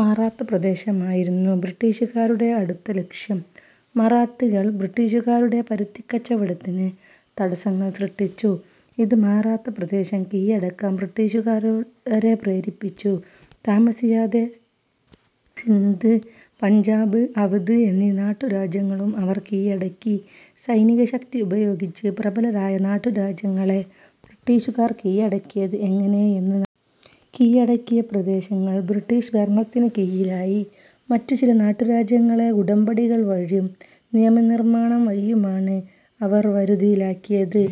മറാത്ത പ്രദേശമായിരുന്നു ബ്രിട്ടീഷുകാരുടെ അടുത്ത ലക്ഷ്യം. മറാത്തികൾ ബ്രിട്ടീഷുകാരുടെ പരുത്തിക്കച്ചവടത്തിന് തടസ്സങ്ങൾ സൃഷ്ടിച്ചു. ഇത് മറാത്താ പ്രദേശം കീഴടക്കാൻ ബ്രിട്ടീഷുകാരെ പ്രേരിപ്പിച്ചു. താമസിയാതെ സിന്ധ്, പഞ്ചാബ്, അവധ് എന്നീ നാട്ടുരാജ്യങ്ങളും അവർ കീഴടക്കി. സൈനികശക്തി ഉപയോഗിച്ച് പ്രബലരായ നാട്ടുരാജ്യങ്ങളെ ബ്രിട്ടീഷുകാർ കീഴടക്കിയത് എങ്ങനെയെന്ന് നാം കണ്ടു. കീഴടക്കിയ പ്രദേശങ്ങൾ ബ്രിട്ടീഷ് ഭരണത്തിനു കീഴിലായി. മറ്റുചില നാട്ടുരാജ്യങ്ങളെ ഉടമ്പടികൾ വഴിയും നിയമനിർമ്മാണം വഴിയുമാണ് അവർ വരു തിയിലാക്കിയത്.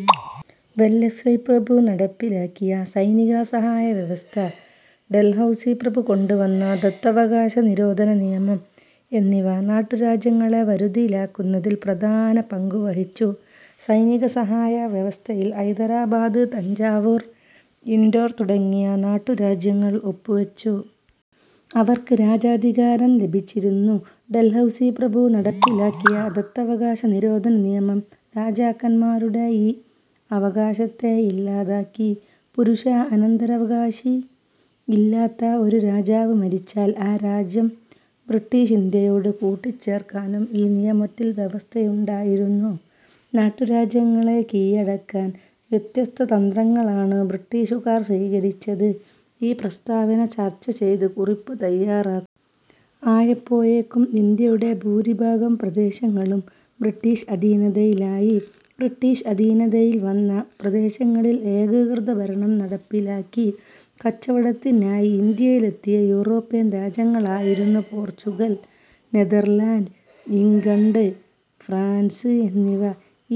വെല്ലസ്ലി പ്രഭു നടപ്പിലാക്കിയ സൈനിക സഹായ വ്യവസ്ഥ, ഡൽഹൗസി പ്രഭു കൊണ്ടുവന്ന "ദത്തവകാശ നിരോധനനിയമം' എന്നിവ നാട്ടുരാജ്യങ്ങളെ വരുതിയിലാക്കുന്നതിൽ പ്രധാന പങ്കുവഹിച്ചു. സൈനികസഹായ വ്യവസ്ഥയിൽ ഹൈദരാബാദ്, തഞ്ചാവൂർ, ഇൻഡോർ തുടങ്ങിയ നാട്ടുരാജ്യങ്ങൾ ഒപ്പുവച്ചു. അവർക്ക് രാജാധികാരം ലഭിച്ചിരുന്നു. ഡൽഹൗസി പ്രഭു നടപ്പിലാക്കിയ ദത്തവകാശ നിരോധനിയമം രാജാക്കന്മാരുടെ ഈ അവകാശത്തെ ഇല്ലാതാക്കി. പുരുഷ അനന്തരാവകാശി ഇല്ലാതെ ഒരു രാജാവ് മരിച്ചാൽ ആ രാജ്യം ബ്രിട്ടീഷിന്ത്യയോട് കൂട്ടിച്ചേർക്കാനും ഈ നിയമത്തിൽ വ്യവസ്ഥയുണ്ടായിരുന്നു. നാട്ടുരാജ്യങ്ങളെ കീഴടക്കാൻ വ്യത്യസ്ത തന്ത്രങ്ങളാണ് ബ്രിട്ടീഷുകാർ സ്വീകരിച്ചത്. ഈ പ്രസ്താവന ചർച്ചചെയ്ത് കുറിപ്പ് തയ്യാറാക്കുക. ആയപ്പോഴേക്കും ഇന്ത്യയുടെ ഭൂരിഭാഗം പ്രദേശങ്ങളും ബ്രിട്ടീഷ് അധീനതയിലായി. ബ്രിട്ടീഷ് അധീനതയിൽ വന്ന പ്രദേശങ്ങളിൽ ഏകീകൃതഭരണം നടപ്പിലാക്കി. കച്ചവടത്തിനായി ഇന്ത്യയിലെത്തിയ യൂറോപ്യൻ രാജ്യങ്ങളായിരുന്നു പോർച്ചുഗൽ, നെതർലാന്റ്സ്, ഇംഗ്ലണ്ട്, ഫ്രാൻസ് എന്നിവ.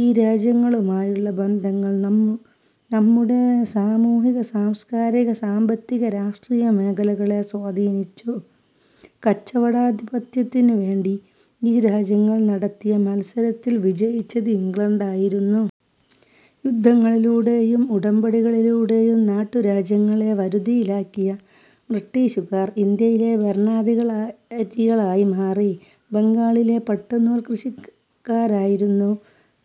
ഈ രാജ്യങ്ങളുമായുള്ള ബന്ധങ്ങൾ നമ്മുടെ സാമൂഹിക-സാംസ്കാരിക-സാമ്പത്തിക രാഷ്ട്രീയ മേഖലകളെ സ്വാധീനിച്ചു. കച്ചവടാധിപത്യത്തിനുവേണ്ടി ഈ രാജ്യങ്ങൾ നടത്തിയ മത്സരത്തിൽ വിജയിച്ചത് ഇംഗ്ലണ്ടായിരുന്നു. യുദ്ധങ്ങളിലൂടെയും ഉടമ്പടികളിലൂടെയും നാട്ടുരാജ്യങ്ങളെ വരുതിയിലാക്കിയ ബ്രിട്ടീഷുകാർ ഇന്ത്യയിലെ ഭരണാധികാരികളായി മാറി. ബംഗാളിലെ പട്ടുനൂൽ കൃഷിക്കാരായിരുന്നു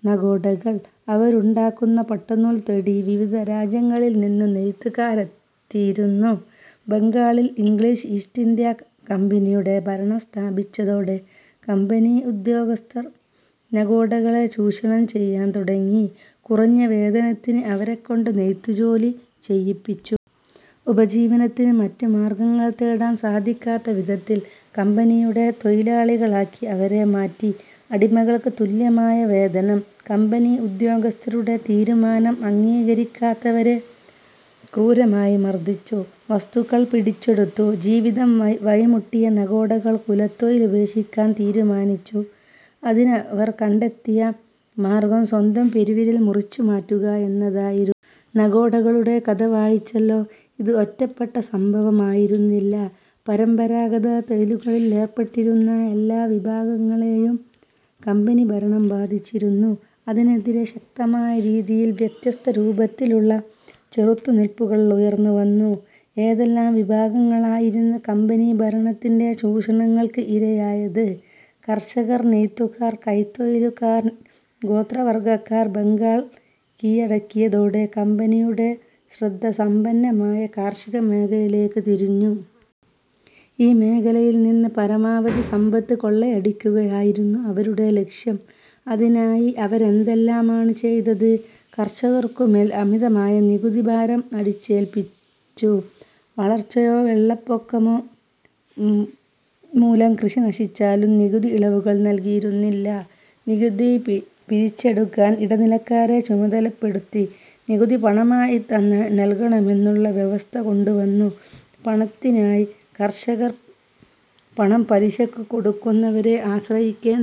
നഗോഡകൾ. അവരുണ്ടാക്കുന്ന പട്ടുനൂൽ തേടി വിവിധ നാടുകളിൽനിന്ന രാജ്യങ്ങളിൽ നെയ്ത്തുകാരെത്തിയിരുന്നു. ബംഗാളിൽ ഇംഗ്ലീഷ് ഈസ്റ്റിന്ത്യാ കമ്പനിയുടെ ഭരണം സ്ഥാപിച്ചതോടെ കമ്പനി ഉദ്യോഗസ്ഥന്മാർ നഗോഡകളെ ചൂഷണം ചെയ്യാൻ തുടങ്ങി. കുറഞ്ഞ വേതനത്തിന് അവരെക്കൊണ്ട് നെയ്ത്തുജോലി ചെയ്യിപ്പിച്ചു. ഉപജീവനത്തിന് മറ്റു മാർഗ്ഗങ്ങൾ തേടാൻ സാധിക്കാത്തവിധത്തിൽ കമ്പനിയുടെ തൊഴിലാളികളാക്കി അവരെ മാറ്റി. അടിമകൾക്ക് തുല്യമായ ജീവിതം! വേദനം കമ്പനി ഉദ്യോഗസ്ഥരുടെ തീരുമാനം അംഗീകരിക്കാത്തവരെ ക്രൂരമായി മർദ്ദിച്ചു. വസ്തുവകകൾ പിടിച്ചെടുത്തു. ജീവിതം വഴിമുട്ടിയ നഗോഡകൾ കുലത്തൊഴിൽ ഉപേക്ഷിക്കാൻ തീരുമാനിച്ചു. അതിനവർ കണ്ടെത്തിയ മാർഗ്ഗം സ്വന്തം പെരുവിരൽ മുറിച്ചുമാറ്റുക എന്നതായിരുന്നു. നഗോഡകളുടെ കഥ വായിച്ചല്ലോ. ഇത് ഒറ്റപ്പെട്ട സംഭവമായിരുന്നില്ല. പരമ്പരാഗത തൊഴിലുകളിൽ ഏർപ്പെട്ടിരുന്ന എല്ലാ വിഭാഗങ്ങളെയും കമ്പനി ഭരണം ബാധിച്ചിരുന്നു. അതിനെതിരെ ശക്തമായ രീതിയിൽ വ്യത്യസ്ത രൂപത്തിലുള്ള ചെറുത്തു നിൽപ്പുകൾ ഉയർന്നുവന്നു. ഏതെല്ലാം വിഭാഗങ്ങളായിരുന്നു കമ്പനി ഭരണത്തിന്റെ ചൂഷണങ്ങൾക്ക് ഇരയായത് കർഷകർ, നെയ്ത്തുകാർ, കൈത്തൊഴിലുകാർ, ഗോത്രവർഗ്ഗക്കാർ. ബംഗാൾ കീഴടക്കിയതോടെ കമ്പനിയുടെ ശ്രദ്ധ സമ്പന്നമായ കാർഷികമേഖലയിലേക്ക് തിരിഞ്ഞു. ഈ മേഖലയിൽനിന്ന് പരമാവധി സമ്പത്ത് കൊള്ളയടിക്കുകയായിരുന്നു അവരുടെ ലക്ഷ്യം. അതിനായി അവരെന്തെല്ലാമാണ് ചെയ്തത്? കർഷകർക്കുമേൽ അമിതമായ നികുതിഭാരം അടിച്ചേൽപ്പിച്ചു. വരൾച്ചയോ വെള്ളപ്പൊക്കമോ മൂലം കൃഷി നശിച്ചാലും നികുതി ഇളവുകൾ നൽകിയിരുന്നില്ല. നികുതി പിരിച്ചെടുക്കാൻ ഇടനിലക്കാരെ ചുമതലപ്പെടുത്തി. നികുതി പണമായിത്തന്നെ നൽകണമെന്നുള്ള വ്യവസ്ഥ കൊണ്ടുവന്നു. പണത്തിനായി കർഷകർ പണം പലിശയ്ക്ക് കൊടുക്കുന്നവരെ ആശ്രയിക്കേണ്ടിവന്നു. ആശ്രക്കേണ്ടി